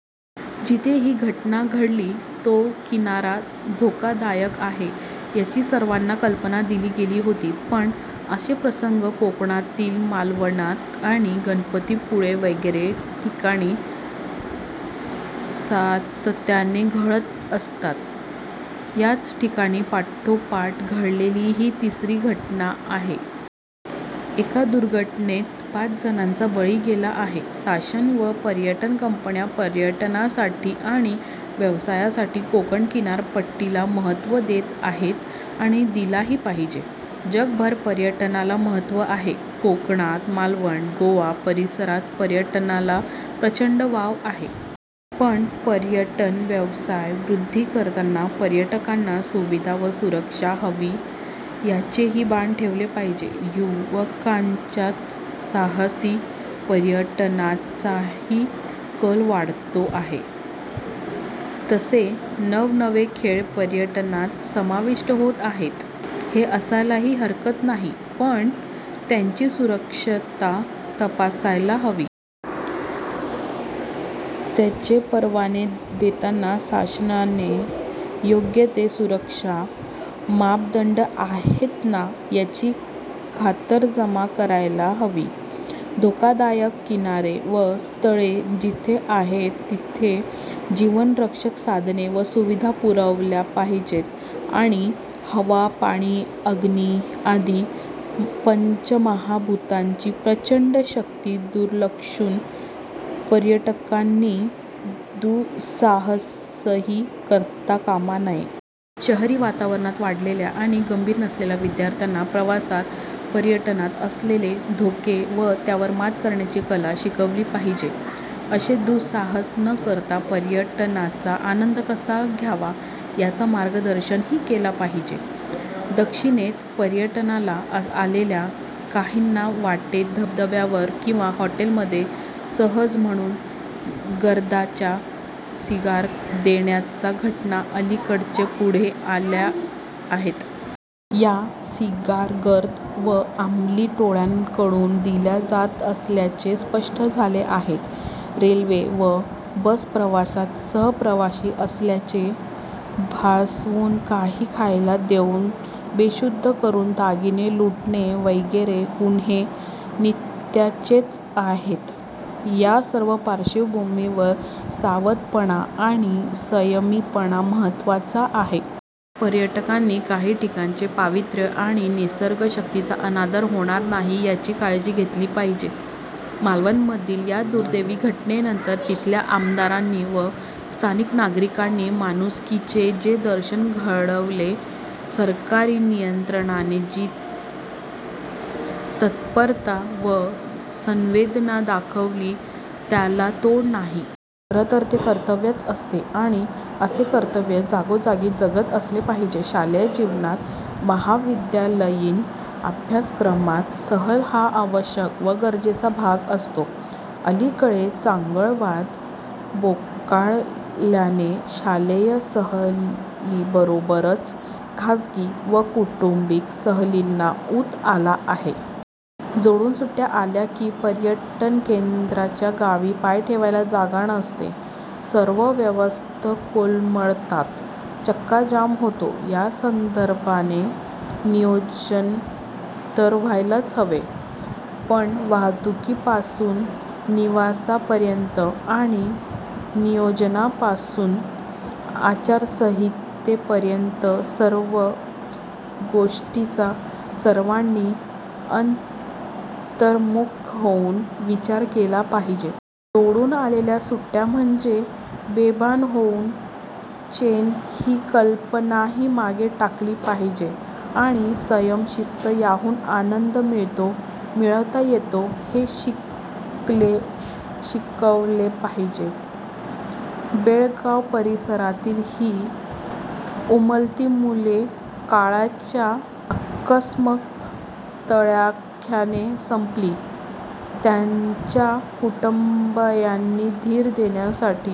जिथे ही घटना घडली तो किनारा धोकादायक आहे यांची सर्वांना कल्पना दिली गेली होती. पण, असे प्रसंग कोकणातील मालवणात आणि गणपती पुळे वगैरे ठिकाणी सातत्याने घडत असतात. याच ठिकाणी पाठोपाठ घडलेली ही तिसरी दुर्घटना आहे. एका दुर्घटनेत पाच जणांचा बळी गेला आहे. शासन व पर्यटन कंपन्या पर्यटनासाठी आणि व्यवसायासाठी कोकण किनारपट्टीला महत्त्व देत आहेत आणि दिलेही पाहिजे. जगभर पर्यटनाला महत्त्व आहे. कोकणात, मालवण गोवा-परिसरात पर्यटनाला प्रचंड वाव आहे. पण, पर्यटन व्यवसाय वृद्धी करताना पर्यटकांना सुविधा व सुरक्षा हवी याचेही भान ठेवले पाहिजे. युवकांच्यात साहसी पर्यटनाचाही कल वाढतो आहे. तसे नव-नवे खेळ पर्यटनात समाविष्ट होत आहेत. ते असायलाही हरकत नाही. पण, त्याची सुरक्षितता तपासायला हवी. त्याचे परवाने देताना शासनाने योग्य ते सुरक्षा मापदंड आहेत ना याची खातरजमा करायला हवी. धोकादायक किनारे व स्थळे जिथे आहेत तिथे जीवनरक्षक साधने व सुविधा पुरवल्या पाहिजेत आणि हवा, पाणी, अग्नी आदी पंचमहाभूतांची प्रचंड शक्ती दुर्लक्षून पर्यटकांनी दु:साहसही करता कामा नये. शहरी वातावरणात वाढलेल्या आणि गंभीर नसलेल्या विद्यार्थ्यांना प्रवासात, पर्यटनात असलेले धोके व त्यावर मात करण्याची कला शिकवली पाहिजे. असे दु:साहस न करता पर्यटनाचा आनंद कसा घ्यावा याचे मार्गदर्शनही केले पाहिजे. दक्षिणेत पर्यटनाला आलेल्या काहींना वाटेत धाब्यावर किंवा हॉटेलमध्ये सहज म्हणून गर्दच्या सिगार देण्याच्या घटना अलीकडेच पुढे आल्या आहेत. या सिगार गर्द व अमली टोळय़ाकडून दिल्या जात असल्याचे स्पष्ट झाले आहे. रेल्वे व बस प्रवासात सहप्रवासी असल्याचे भासवून काही खायला देऊन बेशुद्ध करून दागिने लुटणे वगैरे गुन्हे नित्याचेच आहेत. या सर्व पार्श्वभूमीवर सावधपणा आणि संयमीपणा महत्त्वाचा आहे. पर्यटकांनी काही ठिकाणचे पावित्र्य आणि निसर्ग शक्तीचा अनादर होणार नाही याची काळजी घेतली पाहिजे. मालवणमधील या दुर्दैवी घटनेनंतर तेथील आमदारांनी व स्थानिक नागरिकांनी माणुसकीचे जे दर्शन घडवले, सरकारी यंत्रणेने जी तत्परता व संवेदना दाखवली त्याला तोड नाही. खरे तर ते कर्तव्यच असते आणि असे कर्तव्य जागोजागी जागते असले पाहिजे. शालेय जीवनात महाविद्यालयीन अभ्यासक्रमात सहल हा आवश्यक व गरजेचा भाग असतो. अलीकडे चंगळवाद बोकाळल्याने शालेय सहलीबरोबरच खासगी व कौटुंबिक सहलींना ऊत आला आहे. जोडून सुट्टय़ा आल्या की पर्यटन केंद्राच्या गावी पाय ठेवायला जागा नसते. सर्व व्यवस्था कोलमडतात. चक्काजाम होतो या संदर्भाने नियोजन तर व्हायलाच हवे. पण, वाहतुकीपासून निवासापर्यंत आणि नियोजनापासून आचारसंहितेपर्यंत सर्वच गोष्टीचा सर्वांनी अंतर्मुख होऊन विचार केला पाहिजे. जोडून आलेल्या सुट्टय़ा म्हणजे बेभान होऊन चैन ही कल्पनाही मागे टाकली पाहिजे आणि संयम, शिस्त यातूनही आनंद मिळतो, मिळवता येतो हे शिकले-शिकवले पाहिजे. बेळगाव परिसरातील ही उमलती मुले काळाच्या आकस्मिक तडाख्याने संपली. त्यांच्या कुटुंबीयांना धीर देण्यासाठी--